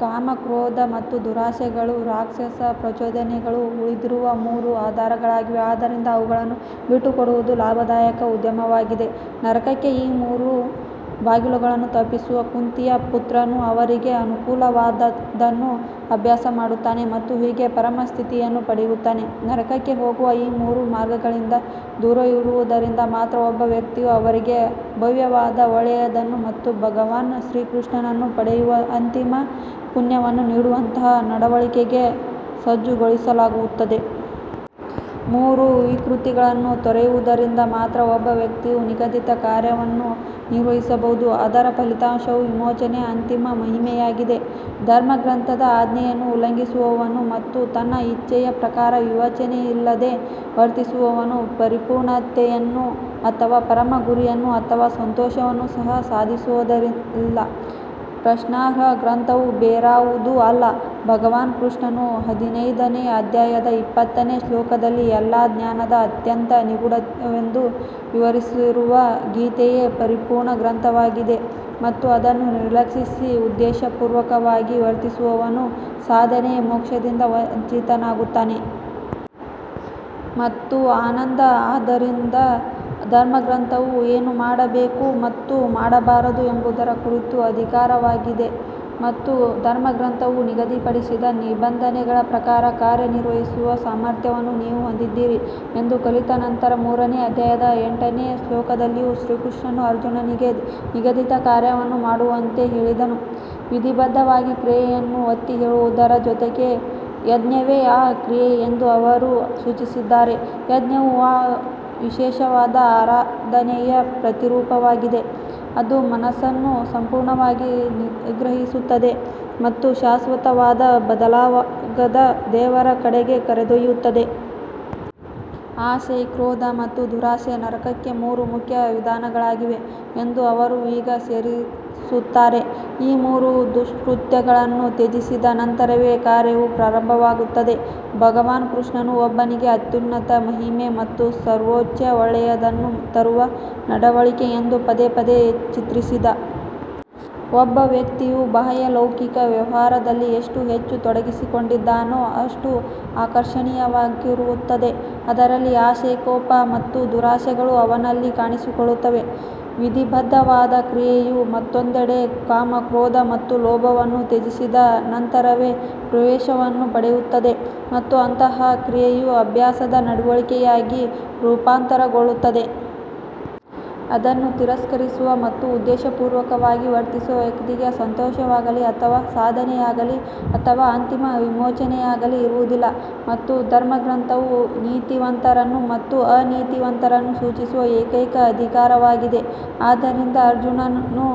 ಕಾಮ ಕ್ರೋಧ ಮತ್ತು ದುರಾಶೆಗಳು ರಾಕ್ಷಸ ಪ್ರಚೋದನೆಗಳು ಉಳಿದಿರುವ ಮೂರು ಆಧಾರಗಳಾಗಿವೆ ಆದ್ದರಿಂದ ಅವುಗಳನ್ನು ಬಿಟ್ಟುಕೊಡುವುದು ಲಾಭದಾಯಕ ಉದ್ಯಮವಾಗಿದೆ ನರಕಕ್ಕೆ ಈ ಮೂರು ಬಾಗಿಲುಗಳನ್ನು ತಪ್ಪಿಸುವ ಕುಂತಿಯ ಪುತ್ರನು ಅವರಿಗೆ ಅನುಕೂಲವಾದದ್ದನ್ನು ಅಭ್ಯಾಸ ಮಾಡುತ್ತಾನೆ ಮತ್ತು ಹೀಗೆ ಪರಮ ಸ್ಥಿತಿಯನ್ನು ಪಡೆಯುತ್ತಾನೆ. ನರಕಕ್ಕೆ ಹೋಗುವ ಈ ಮೂರು ಮಾರ್ಗಗಳಿಂದ ದೂರವಿರುವುದರಿಂದ ಮಾತ್ರ ಒಬ್ಬ ವ್ಯಕ್ತಿಯು ಅವರಿಗೆ ಭವ್ಯವಾದ ಒಳ್ಳೆಯದನ್ನು ಮತ್ತು ಭಗವಾನ್ ಶ್ರೀಕೃಷ್ಣನನ್ನು ಪಡೆಯುವ ಅಂತಿಮ ಪುಣ್ಯವನ್ನು ನೀಡುವಂತಹ ನಡವಳಿಕೆಗೆ ಸಜ್ಜುಗೊಳಿಸಲಾಗುತ್ತದೆ. ಮೂರು ವಿಕೃತಿಗಳನ್ನು ತೊರೆಯುವುದರಿಂದ ಮಾತ್ರ ಒಬ್ಬ ವ್ಯಕ್ತಿಯು ನಿಗದಿತ ಕಾರ್ಯವನ್ನು ನಿರ್ವಹಿಸಬಹುದು ಅದರ ಫಲಿತಾಂಶವು ವಿಮೋಚನೆಯ ಅಂತಿಮ ಮಹಿಮೆಯಾಗಿದೆ. ಧರ್ಮಗ್ರಂಥದ ಆಜ್ಞೆಯನ್ನು ಉಲ್ಲಂಘಿಸುವವನು ಮತ್ತು ತನ್ನ ಇಚ್ಛೆಯ ಪ್ರಕಾರ ವಿವೇಚನೆಯಿಲ್ಲದೆ ವರ್ತಿಸುವವನು ಪರಿಪೂರ್ಣತೆಯನ್ನು ಅಥವಾ ಪರಮ ಗುರಿಯನ್ನು ಅಥವಾ ಸಂತೋಷವನ್ನು ಸಹ ಸಾಧಿಸುವುದಿಲ್ಲ. ಪ್ರಶ್ನಾರ್ಹ ಗ್ರಂಥವು ಬೇರಾವುದೂ ಅಲ್ಲ ಭಗವಾನ್ ಕೃಷ್ಣನು ಹದಿನೈದನೇ ಅಧ್ಯಾಯದ ಇಪ್ಪತ್ತನೇ ಶ್ಲೋಕದಲ್ಲಿ ಎಲ್ಲಾ ಜ್ಞಾನದ ಅತ್ಯಂತ ನಿಗೂಢವೆಂದು ವಿವರಿಸಿರುವ ಗೀತೆಯೇ ಪರಿಪೂರ್ಣ ಗ್ರಂಥವಾಗಿದೆ ಮತ್ತು ಅದನ್ನು ನಿರ್ಲಕ್ಷಿಸಿ ಉದ್ದೇಶಪೂರ್ವಕವಾಗಿ ವರ್ತಿಸುವವನು ಸಾಧನೆಯ ಮೋಕ್ಷದಿಂದ ವಂಚಿತನಾಗುತ್ತಾನೆ. ಮತ್ತು ಆನಂದ ಆದ್ದರಿಂದ ಧರ್ಮಗ್ರಂಥವು ಏನು ಮಾಡಬೇಕು ಮತ್ತು ಮಾಡಬಾರದು ಎಂಬುದರ ಕುರಿತು ಅಧಿಕಾರವಾಗಿದೆ ಮತ್ತು ಧರ್ಮಗ್ರಂಥವು ನಿಗದಿಪಡಿಸಿದ ನಿಬಂಧನೆಗಳ ಪ್ರಕಾರ ಕಾರ್ಯನಿರ್ವಹಿಸುವ ಸಾಮರ್ಥ್ಯವನ್ನು ನೀವು ಹೊಂದಿದ್ದೀರಿ ಎಂದು ಕಲಿತ ನಂತರ ಮೂರನೇ ಅಧ್ಯಾಯದ ಎಂಟನೇ ಶ್ಲೋಕದಲ್ಲಿಯೂ ಶ್ರೀಕೃಷ್ಣನು ಅರ್ಜುನನಿಗೆ ನಿಗದಿತ ಕಾರ್ಯವನ್ನು ಮಾಡುವಂತೆ ಹೇಳಿದನು ವಿಧಿಬದ್ಧವಾದ ಕ್ರಿಯೆಯನ್ನು ಒತ್ತಿಹೇಳುವುದರ ಜೊತೆಗೆ ಯಜ್ಞವೇ ಆ ಕ್ರಿಯೆ ಎಂದೂ ಅವರು ಸೂಚಿಸಿದ್ದಾರೆ ಯಜ್ಞವು ಆ ವಿಶೇಷವಾದ ಆರಾಧನೆಯ ಪ್ರತಿರೂಪವಾಗಿದೆ ಅದು ಮನಸ್ಸನ್ನು ಸಂಪೂರ್ಣವಾಗಿ ನಿಗ್ರಹಿಸುತ್ತದೆ ಮತ್ತು ಶಾಶ್ವತವಾದ ಬದಲಾಗದ ದೇವರ ಕಡೆಗೆ ಕರೆದೊಯ್ಯುತ್ತದೆ. ಆಸೆ ಕ್ರೋಧ ಮತ್ತು ದುರಾಶೆ ನರಕಕ್ಕೆ ಮೂರು ಮುಖ್ಯ ವಿಧಾನಗಳಾಗಿವೆ ಎಂದು ಅವರು ಈಗ ಸೇರಿಸುತ್ತಾರೆ ಈ ಮೂರು ದುಷ್ಕೃತ್ಯಗಳನ್ನು ತ್ಯಜಿಸಿದ ನಂತರವೇ ಕಾರ್ಯವು ಪ್ರಾರಂಭವಾಗುತ್ತದೆ ಭಗವಾನ್ ಕೃಷ್ಣನು ಒಬ್ಬನಿಗೆ ಅತ್ಯುನ್ನತ ಮಹಿಮೆ ಮತ್ತು ಸರ್ವೋಚ್ಚ ಒಳ್ಳೆಯದನ್ನು ತರುವ ನಡವಳಿಕೆ ಎಂದು ಪದೇ ಪದೇ ಚಿತ್ರಿಸಿದ. ಒಬ್ಬ ವ್ಯಕ್ತಿಯು ಬಾಹ್ಯ ಲೌಕಿಕ ವ್ಯವಹಾರದಲ್ಲಿ ಎಷ್ಟು ಹೆಚ್ಚು ತೊಡಗಿಸಿಕೊಂಡಿದ್ದಾನೋ ಅಷ್ಟು ಆಕರ್ಷಣೀಯವಾಗಿರುತ್ತದೆ ಅದರಲ್ಲಿ ಆಸೆ ಕೋಪ ಮತ್ತು ದುರಾಶೆಗಳು ಅವನಲ್ಲಿ ಕಾಣಿಸಿಕೊಳ್ಳುತ್ತವೆ. ವಿಧಿಬದ್ಧವಾದ ಕ್ರಿಯೆಯು ಮತ್ತೊಂದೆಡೆ ಕಾಮ ಕ್ರೋಧ ಮತ್ತು ಲೋಭವನ್ನು ತ್ಯಜಿಸಿದ ನಂತರವೇ ಪ್ರವೇಶವನ್ನು ಪಡೆಯುತ್ತದೆ ಮತ್ತು ಅಂತಹ ಕ್ರಿಯೆಯು ಅಭ್ಯಾಸದ ನಡವಳಿಕೆಯಾಗಿ ರೂಪಾಂತರಗೊಳ್ಳುತ್ತದೆ. ಅದನ್ನು ತಿರಸ್ಕರಿಸುವ ಮತ್ತು ಉದ್ದೇಶಪೂರ್ವಕವಾಗಿ ವರ್ತಿಸುವ ವ್ಯಕ್ತಿಗೆ ಸಂತೋಷವಾಗಲೀ ಅಥವಾ ಸಾಧನೆಯಾಗಲೀ ಅಥವಾ ಅಂತಿಮ ವಿಮೋಚನೆಯಾಗಲೀ ಇರುವುದಿಲ್ಲ. ಮತ್ತು ಧರ್ಮಗ್ರಂಥವು ನೀತಿವಂತರನ್ನು ಮತ್ತು ಅನೀತಿವಂತರನ್ನು ಸೂಚಿಸುವ ಏಕೈಕ ಅಧಿಕಾರವಾಗಿದೆ ಆದ್ದರಿಂದ ಅರ್ಜುನನು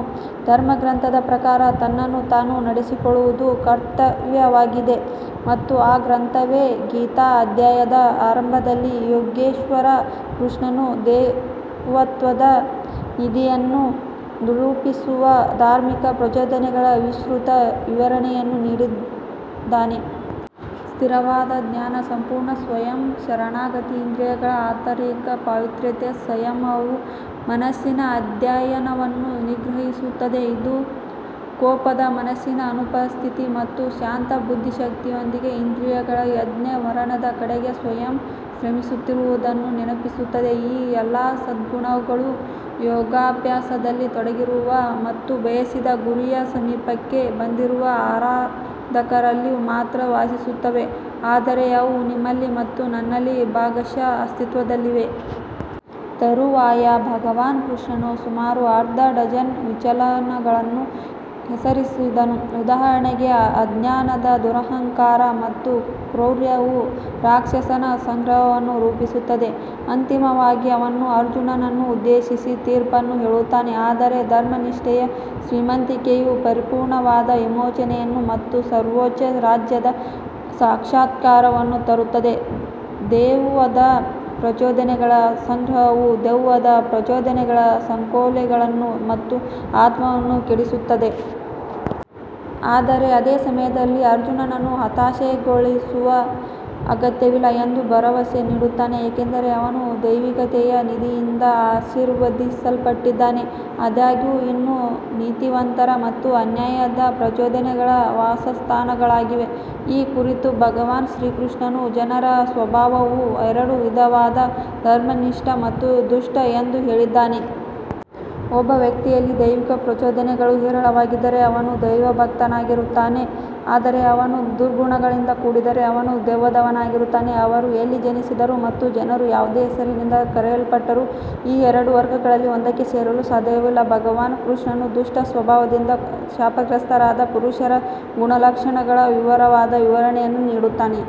ಧರ್ಮಗ್ರಂಥದ ಪ್ರಕಾರ ತನ್ನನ್ನು ತಾನು ನಡೆಸಿಕೊಳ್ಳುವುದು ಕರ್ತವ್ಯವಾಗಿದೆ ಮತ್ತು ಆ ಗ್ರಂಥವೇ ಗೀತಾ ಅಧ್ಯಾಯದ ಆರಂಭದಲ್ಲಿ ಯೋಗೇಶ್ವರ ಕೃಷ್ಣನು ದೈವತ್ವದ ನಿಧಿಯನ್ನು ರೂಪಿಸುವ ಧಾರ್ಮಿಕ ಪ್ರಚೋದನೆಗಳ ವಿಸ್ತೃತ ವಿವರಣೆಯನ್ನು ನೀಡಿದ್ದಾನೆ. ಸ್ಥಿರವಾದ ಧ್ಯಾನ ಸಂಪೂರ್ಣ ಸ್ವಯಂ ಶರಣಾಗತಿ ಇಂದ್ರಿಯಗಳ ಆಂತರಿಕ ಪಾವಿತ್ರ್ಯತೆ ಸಂಯಮವು ಮನಸ್ಸಿನ ಅಧ್ಯಯನವನ್ನು ನಿಗ್ರಹಿಸುತ್ತದೆ ಇದು ಕೋಪದ ಮನಸ್ಸಿನ ಅನುಪಸ್ಥಿತಿ ಮತ್ತು ಶಾಂತ ಬುದ್ಧಿಶಕ್ತಿಯೊಂದಿಗೆ ಇಂದ್ರಿಯಗಳ ಯಜ್ಞ ಮರಣದ ಕಡೆಗೆ ಸ್ವಯಂ ಶ್ರಮಿಸುತ್ತಿರುವುದನ್ನು ನೆನಪಿಸುತ್ತದೆ. ಈ ಎಲ್ಲಾ ಸದ್ಗುಣಗಳು ಯೋಗಾಭ್ಯಾಸದಲ್ಲಿ ತೊಡಗಿರುವ ಮತ್ತು ಬಯಸಿದ ಗುರಿಯ ಸಮೀಪಕ್ಕೆ ಬಂದಿರುವ ಆರಾಧಕರಲ್ಲಿ ಮಾತ್ರ ವಾಸಿಸುತ್ತವೆ ಆದರೆ ಅವು ನಿಮ್ಮಲ್ಲಿ ಮತ್ತು ನನ್ನಲ್ಲಿ ಭಾಗಶಃ ಅಸ್ತಿತ್ವದಲ್ಲಿವೆ. ತರುವಾಯ ಭಗವಾನ್ ಕೃಷ್ಣನು ಸುಮಾರು ಅರ್ಧ ಡಜನ್ ವಿಚಲನಗಳನ್ನು ಹೆಸರಿಸಿದನು ಉದಾಹರಣೆಗೆ ಅಜ್ಞಾನದ ದುರಹಂಕಾರ ಮತ್ತು ಕ್ರೌರ್ಯವು ರಾಕ್ಷಸನ ಸಂಗ್ರಹವನ್ನು ರೂಪಿಸುತ್ತದೆ. ಅಂತಿಮವಾಗಿ ಅವನು ಅರ್ಜುನನನ್ನು ಉದ್ದೇಶಿಸಿ ತೀರ್ಪನ್ನು ಹೇಳುತ್ತಾನೆ ಆದರೆ ಧರ್ಮನಿಷ್ಠೆಯ ಶ್ರೀಮಂತಿಕೆಯು ಪರಿಪೂರ್ಣವಾದ ವಿಮೋಚನೆಯನ್ನು ಮತ್ತು ಸರ್ವೋಚ್ಚ ರಾಜ್ಯದ ಸಾಕ್ಷಾತ್ಕಾರವನ್ನು ತರುತ್ತದೆ ದೆವ್ವದ ಪ್ರಚೋದನೆಗಳ ಸಂಗ್ರಹವು ದೆವ್ವದ ಪ್ರಚೋದನೆಗಳ ಸಂಕೋಲೆಗಳನ್ನು ಮತ್ತು ಆತ್ಮವನ್ನು ಕೆಡಿಸುತ್ತದೆ. ಆದರೆ ಅದೇ ಸಮಯದಲ್ಲಿ ಅರ್ಜುನನು ಹತಾಶೆಗೊಳ್ಳುವ ಅಗತ್ಯವಿಲ್ಲ ಎಂದು ಭರವಸೆ ನೀಡುತ್ತಾನೆ ಏಕೆಂದರೆ ಅವನು ದೈವಿಕತೆಯ ನಿಧಿಯಿಂದ ಆಶೀರ್ವದಿಸಲ್ಪಟ್ಟಿದ್ದಾನೆ. ಆದಾಗ್ಯೂ ಇದು ನೀತಿವಂತರ ಮತ್ತು ಅನ್ಯಾಯದ ಪ್ರಚೋದನೆಗಳ ವಾಸಸ್ಥಾನಗಳಾಗಿವೆ ಈ ಕುರಿತು ಭಗವಾನ್ ಶ್ರೀಕೃಷ್ಣನು ಜನರ ಸ್ವಭಾವವು ಎರಡು ವಿಧವಾದ ಧರ್ಮನಿಷ್ಠ ಮತ್ತು ದುಷ್ಟ ಎಂದು ಹೇಳಿದ್ದಾನೆ. ಒಬ್ಬ ವ್ಯಕ್ತಿಯಲ್ಲಿ ದೈವಿಕ ಪ್ರಚೋದನೆಗಳು ಹೇರಳವಾಗಿದ್ದರೆ ಅವನು ದೈವಭಕ್ತನಾಗಿರುತ್ತಾನೆ ಆದರೆ ಅವನು ದುರ್ಗುಣಗಳಿಂದ ಕೂಡಿದ್ದರೆ ಅವನು ದೆವ್ವದವನಾಗಿರುತ್ತಾನೆ. ಅವರು ಎಲ್ಲಿ ಜನಿಸಿದರೂ ಮತ್ತು ಜನರು ಯಾವುದೇ ಹೆಸರಿನಿಂದ ಕರೆಯಲ್ಪಟ್ಟರೂ ಈ ಎರಡು ವರ್ಗಗಳಲ್ಲಿ ಒಂದಕ್ಕೆ ಸೇರಲು ಸಾಧ್ಯವಿಲ್ಲ ಭಗವಾನ್ ಕೃಷ್ಣನು ದುಷ್ಟ ಸ್ವಭಾವದಿಂದ ಶಾಪಗ್ರಸ್ತರಾದ ಪುರುಷರ ಗುಣಲಕ್ಷಣಗಳ ವಿವರವಾದ ವಿವರಣೆಯನ್ನು ನೀಡುತ್ತಾನೆ.